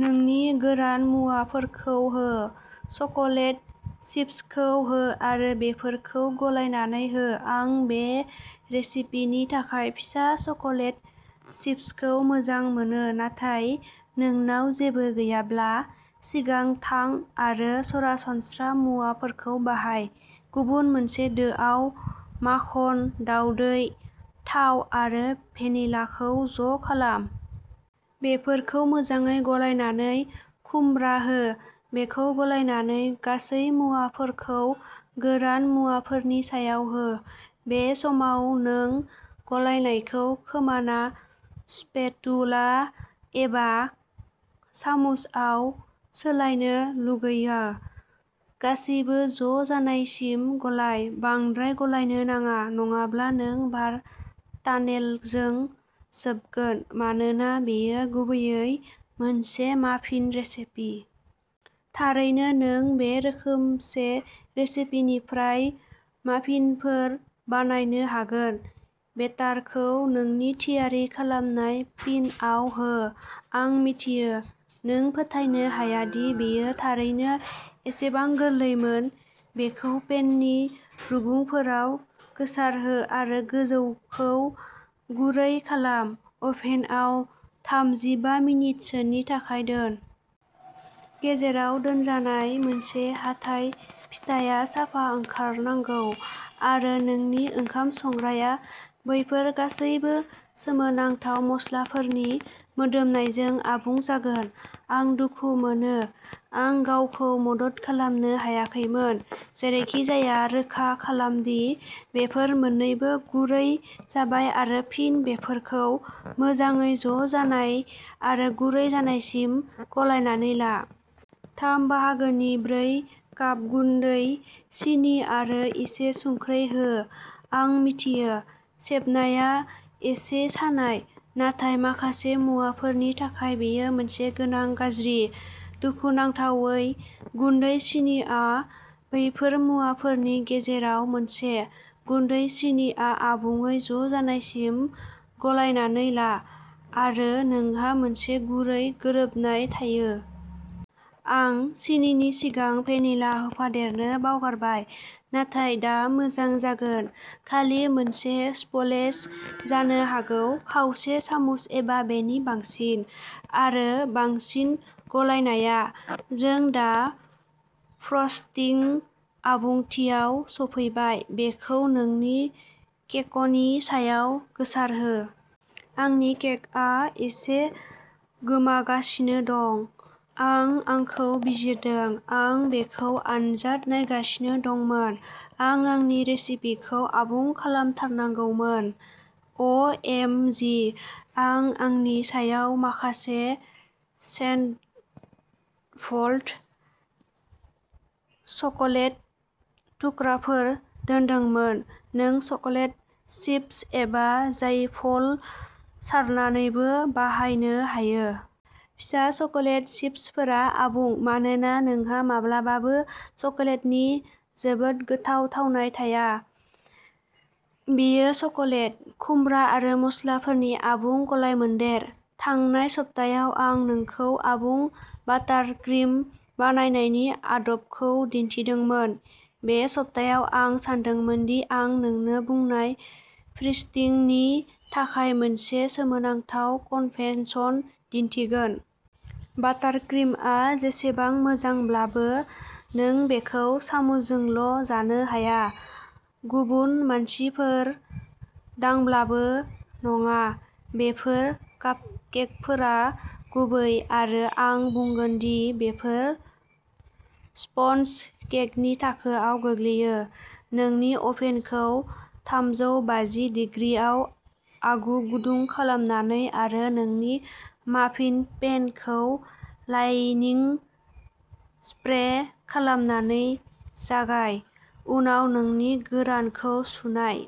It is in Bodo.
नोंनि गोरान मुवाफोरखौ हो। चकलेट चिप्सखौ हो आरो बेफोरखौ गलायनानै हो। आं बे रेसिपिनि थाखाय फिसा चकलेट चिप्सखौ मोजां मोनो, नाथाय नोंनाव जेबो गैयाब्ला, सिगां थां आरो सरासनस्रा मुवाफोरखौ बाहाय। गुबुन मोनसे दोआव, माखन, दाउदै, थाव आरो भेनिलाखौ ज' खालाम। बेफोरखौ मोजाङै गलायनानै खुमब्रा हो। बेखौ गलायनानै, गासै मुवाफोरखौ गोरान मुवाफोरनि सायाव हो। बे समाव नों गलायनायखौ खोमाना स्पेटुला एबा सामुसआव सोलायनो लुगैयो। गासिबो ज' जानायसिम गलाय। बांद्राय गलायनो नाङा नङाब्ला नों बार टानेलजों जोबगोन मानोना बेयो गुबैयै मोनसे माफिन रेसिपि। थारैनो नों बे रोखोमसे रेसिपिनिफ्राय माफिनफोर बानायनो हागोन। बेटारखौ नोंनि थियारि खालामनाय पेनआव हो। आं मिथियो, नों फोथायनो हाया दि बेयो थारैनो एसेबां गोरलैमोन। बेखौ पेननि रुगुंफोराव गोसारहो आरो गोजौखौ गुरै खालाम। अभेनआव थामजिबा मिनिटसोनि थाखाय दोन। गेजेराव दोनजानाय मोनसे हाथाइ फिथाया साफा ओंखारनांगौ, आरो नोंनि ओंखाम संग्राया बैफोर गासैबो सोमोनांथाव मस्लाफोरनि मोदोमनायजों आबुं जागोन। आं दुखु मोनो आं गावखौ मदद खालामनो हायाखैमोन। जेरैखिजाया, रोखा खालाम दि बेफोर मोननैबो गुरै जाबाय आरो फिन बेफोरखौ मोजाङै ज' जानाय आरो गुरै जानायसिम गलायनानै ला। थाम बाहागोनि ब्रै काप गुन्दै सिनि आरो एसे संख्रि हो। आं मिथियो, सेबनाया एसे सानाय, नाथाय माखासे मुवाफोरनि थाखाय बेयो मोनसे गोनां गाज्रि। दुखुनांथावै, गुन्दै सिनिआ बैफोर मुवाफोरनि गेजेराव मोनसे। गुन्दै सिनिआ आबुङै ज'जानायसिम गलायनानै ला आरो नोंहा मोनसे गुरै गोरोबनाय थायो। आं सिनिनि सिगां भेनिला होफादेरनो बावगारबाय, नाथाय दा मोजां जागोन। खालि मोनसे स्प्लेश जानो हागौ खावसे सामुस एबा बेनि बांसिन। आरो बांसिन गलायनाया। जों दा फ्रस्टिं आबुंथियाव सफैबाय। बेखौ नोंनि केकनि सायाव गोसारहो। आंनि केकआ एसे गोमागासिनो दं। आं आंखौ बिजिरदों। आं बेखौ आनजाद नायगासिनो दंमोन। आं आंनि रेसिपिखौ आबुं खालामथारनांगौमोन। अ एम जि आं आंनि सायाव माखासे शेभ्ड चकलेट थुख्राफोर दोनदोंमोन। नों चकलेट चिप्स एबा जायफल सारनानैबो बाहायनो हायो। फिसा चकलेट चिप्सफोरा आबुं मानोना नोंहा माब्लाबाबो चकलेटनि जोबोद गोथाव थावनाय थाया। बेयो चकलेट, खुमब्रा आरो मस्लाफोरनि आबुं गलायमोन्देर। थांनाय सप्तायाव आं नोंखौ आबुं बाटारक्रिम बानायनायनि आदबखौ दिन्थिदोंमोन। बे सप्तायाव, आं सानदोंमोन दि आं नोंनो बुंनाय फ्रस्टिंनि थाखाय मोनसे सोमोनांथाव कन्भेन्स दिन्थिगोन। बाटारक्रिमआ जेसेबां मोजांब्लाबो, नों बेखौ सामुसजोंल' जानो हाया। गुबुन मानसिफोर दंब्लाबो नङा। बेफोर कापकेकफोरा गुरै आरो आं बुंगोन दि बेफोर स्पन्ज केकनि थाखोआव गोग्लैयो। नोंनि अभेनखौ थामजौ बाजि दिग्रिआव आगु गुदुं खालामनानै आरो नोंनि माफिन पेनखौ लाइनिं स्प्रे खालामनानै जागाय। उनाव नोंनि गोरानखौ सुनाय।